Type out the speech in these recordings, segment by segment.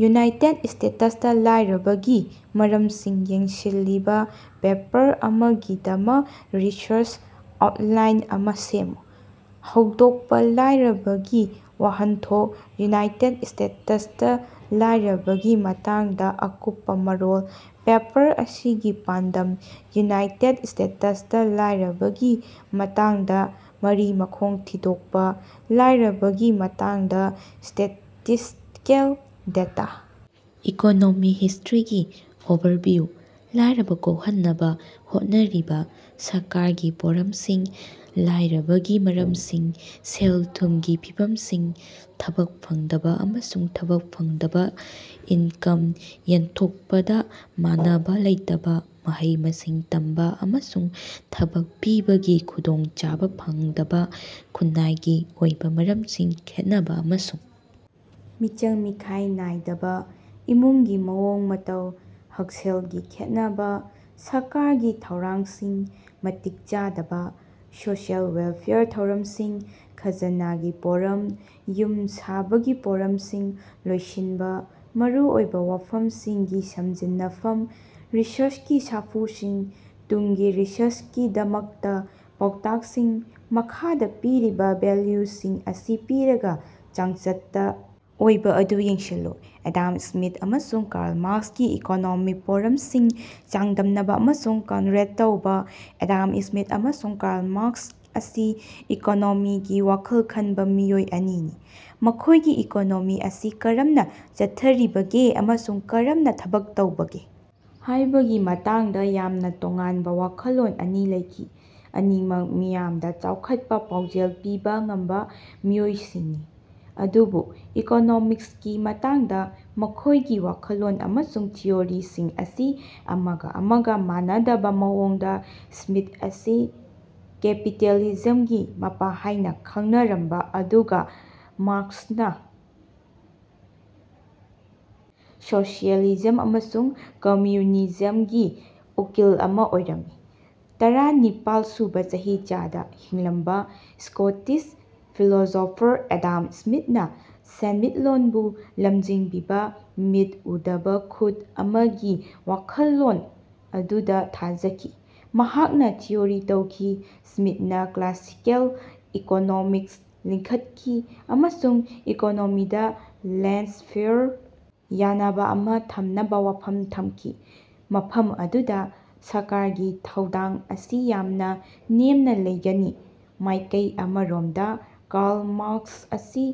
United ꯁ꯭ꯇꯦꯇꯁꯇ ꯂꯥꯏꯔꯕꯒꯤ ꯃꯔꯝꯁꯤꯡ ꯌꯦꯡꯁꯤꯜꯂꯤꯕ ꯄꯦꯄꯔ ꯑꯃꯒꯤꯗꯃꯛ ꯔꯤꯁꯔꯆ ꯑꯥꯎꯠꯂꯥꯏꯟ ꯑꯃ ꯁꯦꯝꯃꯨ꯫ ꯍꯧꯗꯣꯛꯄ ꯂꯥꯏꯔꯕꯒꯤ ꯋꯥꯍꯟꯊꯣꯛ꫰ ꯌꯨꯅꯥꯏꯇꯦꯗ ꯁ꯭ꯇꯦꯇꯁꯇ ꯂꯥꯏꯔꯕꯒꯤ ꯃꯇꯥꯡꯗ ꯑꯀꯨꯞꯄ ꯃꯔꯣꯜ꫰ ꯄꯦꯄꯔ ꯑꯁꯤꯒꯤ ꯄꯥꯟꯗꯝ꫰ ꯌꯨꯅꯥꯏꯇꯦꯗ ꯁ꯭ꯇꯦꯇꯁꯇ ꯂꯥꯏꯔꯕꯒꯤ ꯃꯇꯥꯡꯗ ꯃꯔꯤ-ꯃꯈꯣꯡ ꯊꯤꯗꯣꯛꯄ꫰ ꯂꯥꯏꯔꯕꯒꯤ ꯃꯇꯥꯡꯗ ꯁ꯭ꯇꯦꯇꯤꯁ꯭ꯇꯤꯀꯦꯜ ꯗꯦꯇꯥ꫰ ꯏꯀꯣꯅꯣꯃꯤꯛ ꯍꯤꯁ꯭ꯇꯔꯤꯒꯤ ꯑꯣꯚꯔꯚꯤꯌꯨ꫰ ꯂꯥꯏꯔꯕ ꯀꯣꯛꯍꯟꯅꯕ ꯍꯣꯠꯅꯔꯤꯕ ꯁꯔꯀꯥꯔꯒꯤ ꯄꯣꯔꯝꯁꯤꯡ꫰ ꯂꯥꯏꯔꯕꯒꯤ ꯃꯔꯝꯁꯤꯡ꫰ ꯁꯦꯜ-ꯊꯨꯝꯒꯤ ꯐꯤꯚꯝꯁꯤꯡ ꯊꯕꯛ ꯐꯪꯗꯕ ꯑꯃꯁꯨꯡ ꯊꯕꯛ ꯐꯪꯗꯕ ꯏꯟꯀꯝ ꯌꯦꯟꯊꯣꯛꯄꯗ ꯃꯥꯟꯅꯕ ꯂꯩꯇꯕ꫰ ꯃꯍꯩ-ꯃꯁꯤꯡ ꯇꯝꯕ ꯑꯃꯁꯨꯡ ꯊꯕꯛ ꯄꯤꯕꯒꯤ ꯈꯨꯗꯣꯡꯆꯥꯕ ꯐꯪꯗꯕꯥ꫰ ꯈꯨꯟꯅꯥꯏꯒꯤ ꯑꯣꯏꯕ ꯃꯔꯝꯁꯤꯡ ꯈꯦꯟꯅꯕ ꯑꯃꯁꯨꯡ ꯃꯤꯆꯪ-ꯃꯤꯈꯥꯏ ꯅꯥꯏꯗꯕ ꯏꯃꯨꯡꯒꯤ ꯃꯑꯣꯡ ꯃꯇꯧ꫰ ꯍꯛꯁꯦꯜꯒꯤ ꯈꯦꯠꯅꯕ꫰ ꯁꯔꯀꯥꯔꯒꯤ ꯊꯧꯔꯥꯡꯁꯤꯡ ꯃꯇꯤꯛ ꯆꯥꯗꯕ꫰ ꯁꯣꯁꯤꯑꯦꯜ ꯋꯦꯜꯐꯦꯌꯔ ꯊꯧꯔꯝꯁꯤꯡ꫰ ꯈꯥꯖꯅꯥꯒꯤ ꯄꯣꯔꯝ꫰ ꯌꯨꯝꯁꯥꯕꯒꯤ ꯄꯣꯔꯝꯁꯤꯡ ꯂꯣꯏꯁꯤꯟꯕ꫰ ꯃꯔꯨꯑꯣꯏꯕ ꯋꯥꯐꯝꯁꯤꯡꯒꯤ ꯁꯝꯖꯤꯟꯅꯐꯝ꫰ ꯔꯤꯁꯔꯆꯀꯤ ꯁꯥꯐꯨꯁꯤꯡ꫰ ꯇꯨꯡꯒꯤ ꯔꯤꯁꯔꯆꯀꯤꯗꯃꯛꯇ ꯄꯥꯎꯇꯥꯛꯁꯤꯡ꯫ ꯃꯈꯥꯗ ꯄꯤꯔꯤꯕ ꯚꯦꯜꯌꯨꯁꯤꯡ ꯑꯁꯤ ꯄꯤꯔꯒ, ꯆꯥꯡꯆꯠꯇ ꯑꯣꯏꯕ ꯑꯗꯨꯌꯦꯡꯁꯤꯜꯂꯨ꯫ ꯑꯦꯗꯝ ꯁ꯭ꯃꯤꯊ ꯑꯃꯁꯨꯡ ꯀꯥꯔꯜ ꯃꯥꯔꯛꯁꯀꯤ ꯏꯀꯣꯅꯣꯃꯤꯛ ꯄꯣꯔꯝꯁꯤꯡ ꯆꯥꯡꯗꯝꯅꯕ ꯑꯃꯁꯨꯡ ꯀꯟꯠꯔꯦꯁ꯭ꯠ ꯇꯧꯕ꯫ ꯑꯦꯗꯝ ꯁ꯭ꯃꯤꯊ ꯑꯃꯁꯨꯡ ꯀꯥꯔꯜ ꯃꯥꯔꯛꯁ ꯑꯁꯤ ꯏꯀꯣꯅꯣꯃꯤꯒꯤ ꯋꯥꯈꯜ ꯈꯟꯕ ꯃꯤꯑꯣꯏ ꯑꯅꯤꯅꯤ, ꯃꯈꯣꯏꯒꯤ ꯏꯀꯣꯅꯣꯃꯤ ꯑꯁꯤ ꯀꯔꯝꯅ ꯆꯠꯊꯔꯤꯕꯒꯦ ꯑꯃꯁꯨꯡ ꯀꯔꯝꯅ ꯊꯕꯛ ꯇꯧꯕꯒꯦ ꯍꯥꯏꯕꯒꯤ ꯃꯇꯥꯡꯗ ꯌꯥꯝꯅ ꯇꯣꯉꯥꯟꯕ ꯋꯥꯈꯜꯂꯣꯟ ꯑꯅꯤ ꯂꯩꯈꯤ꯫ ꯑꯅꯤꯃꯛ ꯃꯤꯌꯥꯝꯗ ꯆꯥꯎꯈꯠꯄ ꯄꯥꯎꯖꯦꯜ ꯄꯤꯕ ꯉꯝꯕ ꯃꯤꯑꯣꯏꯁꯤꯡꯅꯤ, ꯑꯗꯨꯕꯨ ꯏꯀꯣꯅꯣꯃꯤꯛꯁꯀꯤ ꯃꯇꯥꯡꯗ ꯃꯈꯣꯏꯒꯤ ꯋꯥꯈꯜꯂꯣꯟ ꯑꯃꯁꯨꯡ ꯊꯤꯑꯣꯔꯤꯁꯤꯡ ꯑꯁꯤ ꯑꯃꯒ-ꯑꯃꯒ ꯃꯥꯟꯅꯗꯕ ꯃꯑꯣꯡꯗ, ꯁ꯭ꯃꯤꯊ ꯑꯁꯤ ꯀꯦꯄꯤꯇꯦꯂꯤꯖꯝꯒꯤ ꯃꯄꯥ ꯍꯥꯏꯅ ꯈꯉꯅꯔꯝꯕꯥ ꯑꯗꯨꯒꯥ ꯃꯥꯔꯛꯁꯅꯥ ꯁꯣꯁꯤꯑꯦꯂꯤꯖꯝ ꯑꯃꯁꯨꯡ ꯀꯝꯝꯌꯨꯅꯤꯖꯃꯒꯤ ꯎꯀꯤꯜ ꯑꯃꯥ ꯑꯣꯏꯔꯝꯃꯤ꯫ ꯇꯔꯥꯅꯤꯄꯥꯜ ꯁꯨꯕꯥ ꯆꯍꯤꯆꯥꯗꯥ ꯍꯤꯡꯂꯝꯕꯥ ꯁ꯭ꯀꯣꯇꯤꯁ ꯐꯤꯂꯣꯁꯣꯐꯔ ꯑꯦꯗꯝ ꯁ꯭ꯃꯤꯊꯅ ꯁꯦꯟꯃꯤꯠꯂꯣꯟꯕꯨ ꯂꯝꯖꯤꯡꯕꯤꯕ "ꯃꯤꯠ ꯎꯗꯕ ꯈꯨꯠ" ꯑꯃꯒꯤ ꯋꯥꯈꯜꯂꯣꯟ ꯑꯗꯨꯗ ꯊꯥꯖꯈꯤ꯫ ꯃꯍꯥꯛꯅꯥ ꯊꯤꯑꯣꯔꯤ ꯇꯧꯈꯤ꯫ ꯁ꯭ꯃꯤꯠꯅ ꯀ꯭ꯂꯥꯁꯤꯀꯦꯜ ꯏꯀꯣꯅꯣꯃꯤꯛꯁ ꯂꯤꯡꯈꯠꯈꯤ ꯑꯃꯁꯨꯡ ꯏꯀꯣꯅꯣꯃꯤꯗ ꯂꯦꯏꯁ-ꯐꯦꯌꯔ ꯌꯥꯅꯕ ꯑꯃ ꯊꯝꯅꯕ ꯋꯥꯐꯝ ꯊꯝꯈꯤ, ꯃꯐꯝ ꯑꯗꯨꯗ ꯁꯔꯀꯥꯔꯒꯤ ꯊꯧꯗꯥꯡ ꯑꯁꯤ ꯌꯥꯝꯅ ꯅꯦꯝꯅ ꯂꯩꯒꯅꯤ꯫ ꯃꯥꯏꯀꯩ ꯑꯃꯔꯣꯝꯗ ꯀꯥꯔꯜ ꯃꯥꯔꯛꯁ ꯑꯁꯤ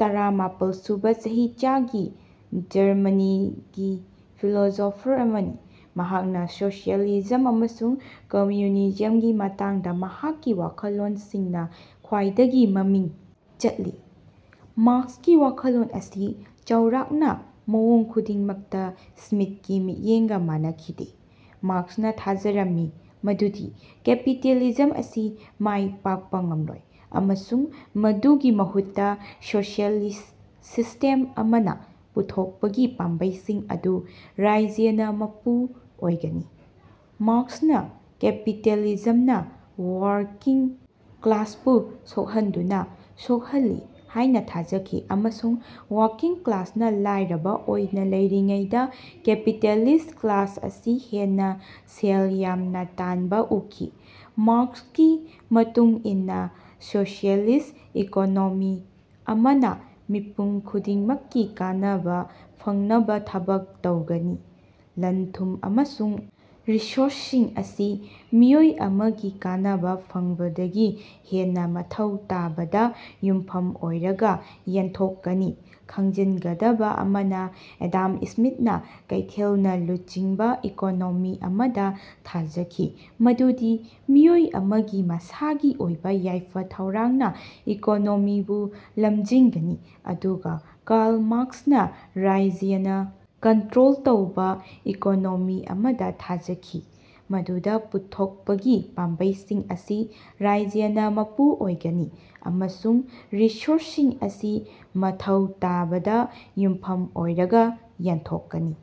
ꯇꯔꯥꯃꯥꯄꯜ ꯁꯨꯕ ꯆꯍꯤꯆꯥꯒꯤ ꯖꯔꯃꯅꯤꯒꯤ ꯐꯤꯂꯣꯁꯣꯐꯔ ꯑꯃꯅꯤ, ꯃꯍꯥꯛꯅ ꯁꯣꯁꯤꯑꯦꯂꯤꯖꯝ ꯑꯃꯁꯨꯡ ꯀꯝꯃ꯭ꯌꯨꯅꯤꯖꯝꯒꯤ ꯃꯇꯥꯡꯗ ꯃꯍꯥꯛꯀꯤ ꯋꯥꯈꯜꯂꯣꯟꯁꯤꯡꯅ ꯈ꯭ꯋꯥꯏꯗꯒꯤ ꯃꯃꯤꯡ ꯆꯠꯂꯤ꯫ ꯃꯥꯔꯛꯁꯀꯤ ꯋꯥꯈꯜꯂꯣꯟ ꯑꯁꯤ ꯆꯥꯎꯔꯥꯛꯅ ꯃꯑꯣꯡ ꯈꯨꯗꯤꯡꯃꯛꯇ ꯁ꯭ꯃꯤꯊꯀꯤ ꯃꯤꯠꯌꯦꯡꯒ ꯃꯥꯟꯅꯈꯤꯗꯦ꯫ ꯃꯥꯔꯛꯁꯅ ꯊꯥꯖꯔꯝꯃꯤ ꯃꯗꯨꯗꯤ ꯀꯦꯄꯤꯇꯦꯂꯤꯖꯝ ꯑꯁꯤ ꯃꯥꯏ ꯄꯥꯛꯄ ꯉꯝꯂꯣꯏ ꯑꯃꯁꯨꯡ ꯃꯗꯨꯒꯤ ꯃꯍꯨꯠꯇ ꯁꯣꯁꯤꯑꯦꯂꯤꯁ꯭ꯠ ꯁꯤꯁ꯭ꯇꯦꯝ ꯑꯃꯅ ꯄꯨꯊꯣꯛꯄꯒꯤ ꯄꯥꯝꯕꯩꯁꯤꯡ ꯑꯗꯨ ꯔꯥꯖ꯭ꯌꯅ ꯃꯄꯨ ꯑꯣꯏꯒꯅꯤ꯫ ꯃꯥꯔꯛꯁꯅ ꯀꯦꯄꯤꯇꯦꯂꯤꯖꯝꯅ ꯋꯥꯔꯀꯤꯡ ꯀ꯭ꯂꯥꯁꯄꯨ ꯁꯣꯛꯍꯟꯗꯨꯅ ꯁꯣꯛꯍꯜꯂꯤ ꯍꯥꯏꯅ ꯊꯥꯖꯈꯤ ꯑꯃꯁꯨꯡ ꯋꯥꯔꯀꯤꯡ ꯀ꯭ꯂꯥꯁꯅ ꯂꯥꯏꯔꯕ ꯑꯣꯏꯅ ꯂꯩꯔꯤꯉꯩꯗ ꯀꯦꯄꯤꯇꯦꯂꯤꯁ꯭ꯠ ꯀ꯭ꯂꯥꯁ ꯑꯁꯤ ꯍꯦꯟꯅ ꯁꯦꯜ ꯌꯥꯝꯅ ꯇꯥꯟꯕ ꯎꯈꯤ꯫ ꯃꯥꯔꯛꯁꯀꯤ ꯃꯇꯨꯡ ꯏꯟꯅ ꯁꯣꯁꯤꯑꯦꯂꯤꯁ꯭ꯠ ꯏꯀꯣꯅꯣꯃꯤ ꯑꯃꯅ ꯃꯤꯄꯨꯝ ꯈꯨꯗꯤꯡꯃꯛꯀꯤ ꯀꯥꯟꯅꯕ ꯐꯪꯅꯕ ꯊꯕꯛ ꯇꯧꯒꯅꯤ, ꯂꯟ-ꯊꯨꯝ ꯑꯃꯁꯨꯡ ꯔꯤꯁꯣꯔꯁꯁꯤꯡ ꯑꯁꯤ ꯃꯤꯑꯣꯏ ꯑꯃꯒꯤ ꯀꯥꯟꯅꯕ ꯐꯪꯕꯗꯒꯤ ꯍꯦꯟꯅ ꯃꯊꯧ ꯇꯥꯕꯗ ꯌꯨꯝꯐꯝ ꯑꯣꯏꯔꯒ ꯌꯦꯟꯊꯣꯛꯀꯅꯤ꯫ ꯈꯪꯖꯤꯟꯒꯗꯕ ꯑꯃꯅ, ꯑꯦꯗꯝ ꯁ꯭ꯃꯤꯊꯅ ꯀꯩꯊꯦꯜꯅ ꯂꯨꯆꯤꯡꯕ ꯏꯀꯣꯅꯣꯃꯤ ꯑꯃꯗ ꯊꯥꯖꯈꯤ ꯃꯗꯨꯗꯤ ꯃꯤꯑꯣꯏ ꯑꯃꯒꯤ ꯃꯁꯥꯒꯤ ꯑꯣꯏꯕ ꯌꯥꯏꯐ-ꯊꯧꯔꯥꯡꯅ ꯏꯀꯣꯅꯣꯃꯤꯕꯨ ꯂꯝꯖꯤꯡꯒꯅꯤ, ꯑꯗꯨꯒ ꯀꯥꯔꯜ ꯃꯥꯔꯛꯁꯅ ꯔꯥꯖ꯭ꯌꯅ ꯀꯟꯇ꯭ꯔꯣꯜ ꯇꯧꯕ ꯏꯀꯣꯅꯣꯃꯤ ꯑꯃꯗ ꯊꯥꯖꯈꯤ ꯃꯗꯨꯗ ꯄꯨꯊꯣꯛꯄꯒꯤ ꯄꯥꯝꯕꯩꯁꯤꯡ ꯑꯁꯤ ꯔꯥꯖ꯭ꯌꯅ ꯃꯄꯨ ꯑꯣꯏꯒꯅꯤ, ꯑꯃꯁꯨꯡ ꯔꯤꯁꯣꯔꯁꯁꯤꯡ ꯑꯁꯤ ꯃꯊꯧ ꯇꯥꯕꯗ ꯌꯨꯝꯐꯝ ꯑꯣꯏꯔꯒ ꯌꯦꯟꯊꯣꯛꯀꯅꯤ꯫